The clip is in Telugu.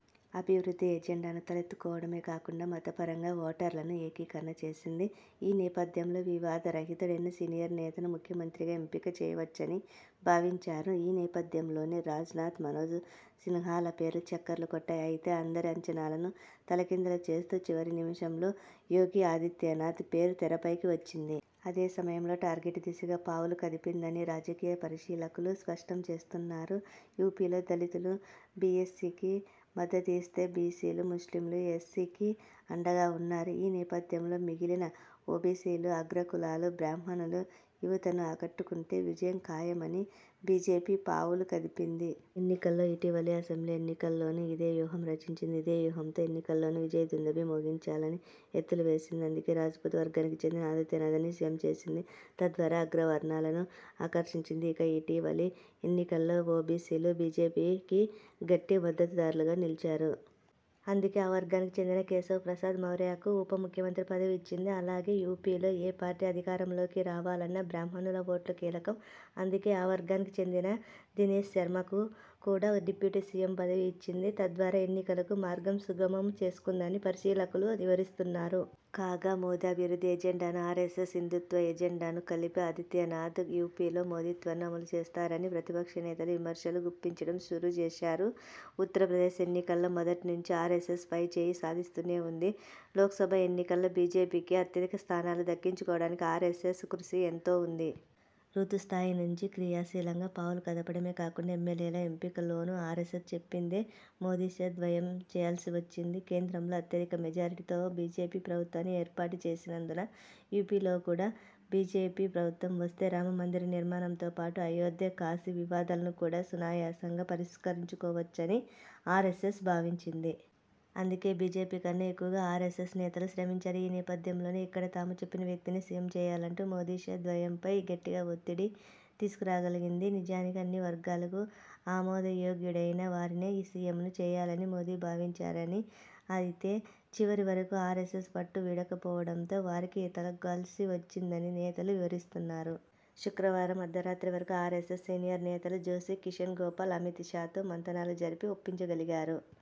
అభివృద్ధి ఎజెండాను తలకెత్తుకోవడమే కాకుండా మతపరంగా ఓటర్లనూ ఏకీకరణ చేసింది. ఈ నేపథ్యంలో వివాద రహితుడైన సీనియర్ నేతను ముఖ్యమంత్రిగా ఎంపిక చేయవచ్చని భావించారు. ఈ నేపథ్యంలోనే రాజ్నాథ్, మనోజ్ సిన్హాల పేర్లు చక్కర్లు కొట్టాయి. అయితే, అందరి అంచనాలను తలకిందులు చేస్తూ చివరి నిమిషంలో యోగి ఆదిత్యనాథ్ పేరు తెరపైకి వచ్చింది. అదే సమయంలో, 'టార్గెట్ ' దిశగా పావులు కదిపిందని రాజకీయ పరిశీలకులు స్పష్టం చేస్తున్నారు. యూపీలో దళితులు బీఎస్సికి మద్దతు ఇస్తే బీసీలు, ముస్లిములు ఎస్సికి అండగా ఉన్నారు. ఈ నేపథ్యంలో, మిగిలిన ఓబీసీలు, అగ్రకులాలు, బ్రాహ్మణులు, యువతను ఆకట్టుకుంటే విజయం ఖాయమని బీజేపీ పావులు కదిపింది. ఎన్నికల్లో, ఇటీవలి అసెంబ్లీ ఎన్నికల్లోనూ ఇదే వ్యూహం రచించింది. ఇదే వ్యూహంతో ఎన్నికల్లోనూ విజయ దుందుభి మోగించాలని ఎత్తులు వేసింది. అందుకే, రాజ్పుత వర్గానికి చెందిన ఆదిత్యనాథ్ను సీఎం చేసింది. తద్వారా అగ్ర వర్ణాలను ఆకర్షించింది. ఇక, ఇటీవలి ఎన్నికల్లో ఓబీసీలు బీజేపీకి గట్టి మద్దతుదార్లుగా నిలిచారు. అందుకే, ఆ వర్గానికి చెందిన కేశవ్ ప్రసాద్ మౌర్యకు ఉప ముఖ్యమంత్రి పదవి ఇచ్చింది. అలాగే, యూపీలో ఏ పార్టీ అధికారంలోకి రావాలన్నా బ్రాహ్మణుల ఓట్లు కీలకం. అందుకే, ఆ వర్గానికి చెందిన దినేశ్ శర్మకూ కూడా డిప్యూటీ సీఎం పదవి ఇచ్చింది. తద్వారా, ఎన్నికలకు మార్గం సుగమం చేసుకుందని పరిశీలకులు వివరిస్తున్నారు. కాగా, మోదీ అభివృద్ధి ఎజెండాను, ఆర్ఎ్సఎస్ హిందూత్వ ఎజెండాను కలిపి ఆదిత్యనాథ్ యూపీలో 'మోదీత్వ'ను అమలు చేస్తారని ప్రతిపక్ష నేతలు విమర్శలు గుప్పించడం షురూ చేశారు. ఉత్తరప్రదేశ్ ఎన్నికల్లో మొదటి నుంచీ ఆర్ఎస్ఎస్ పైచేయి సాధిస్తూనే ఉంది. లోక్సభ ఎన్నికల్లో బీజేపీకి అత్యధిక స్థానాలు దక్కించుకోవడానికి ఆర్ఎ్సఎస్ కృషి ఎంతో ఉంది. బూతు స్థాయి నుంచి క్రియాశీలంగా పావులు కదపడమే కాకుండా ఎమ్మెల్యేల ఎంపిక లోనూ ఆర్ఎ్సఎస్ చెప్పిందే మోదీషా ద్వయం చేయాల్సి వచ్చింది. కేంద్రంలో అత్యధిక మెజారిటీతో బీజేపీ ప్రభుత్వాన్ని ఏర్పాటు చేసినందున యూపీలో కూడా బీజేపీ ప్రభుత్వం వస్తే రామ మందిర నిర్మాణంతో పాటు అయోధ్య, కాశీ వివాదాలను కూడా సునాయాసంగా పరిష్కరించుకోవచ్చని ఆర్ఎ్సఎస్ భావించింది. అందుకే, బీజేపీకన్నా ఎక్కువగా ఆర్ఎ్సఎస్ నేతలు శ్రమించారు. ఈ నేపథ్యంలోనే, ఇక్కడ తాము చెప్పిన వ్యక్తినే సీఎం చేయాలంటూ మోదీ ,షా ద్వయంపై గట్టిగా ఒత్తిడి తీసుకురాగలిగింది. నిజానికి అన్ని వర్గాలకు ఆమోదయోగ్యుడైన వారినే సీఎంను చేయాలని మోదీ భావించారని, అయితే చివరి వరకూ ఆర్ఎ్సఎస్ పట్టు వీడకపోవడంతో వారికి తలొగ్గాల్సివచ్చిందని నేతలు వివరిస్తున్నారు. శుక్రవారం అర్ధరాత్రి వరకూ ఆర్ఎ్సఎస్ సీనియర్ నేతలు జోషి, కిషన్ గోపాల్ అమిత్ షా తో మంతనాలు జరిపి ఒప్పించగలిగారు.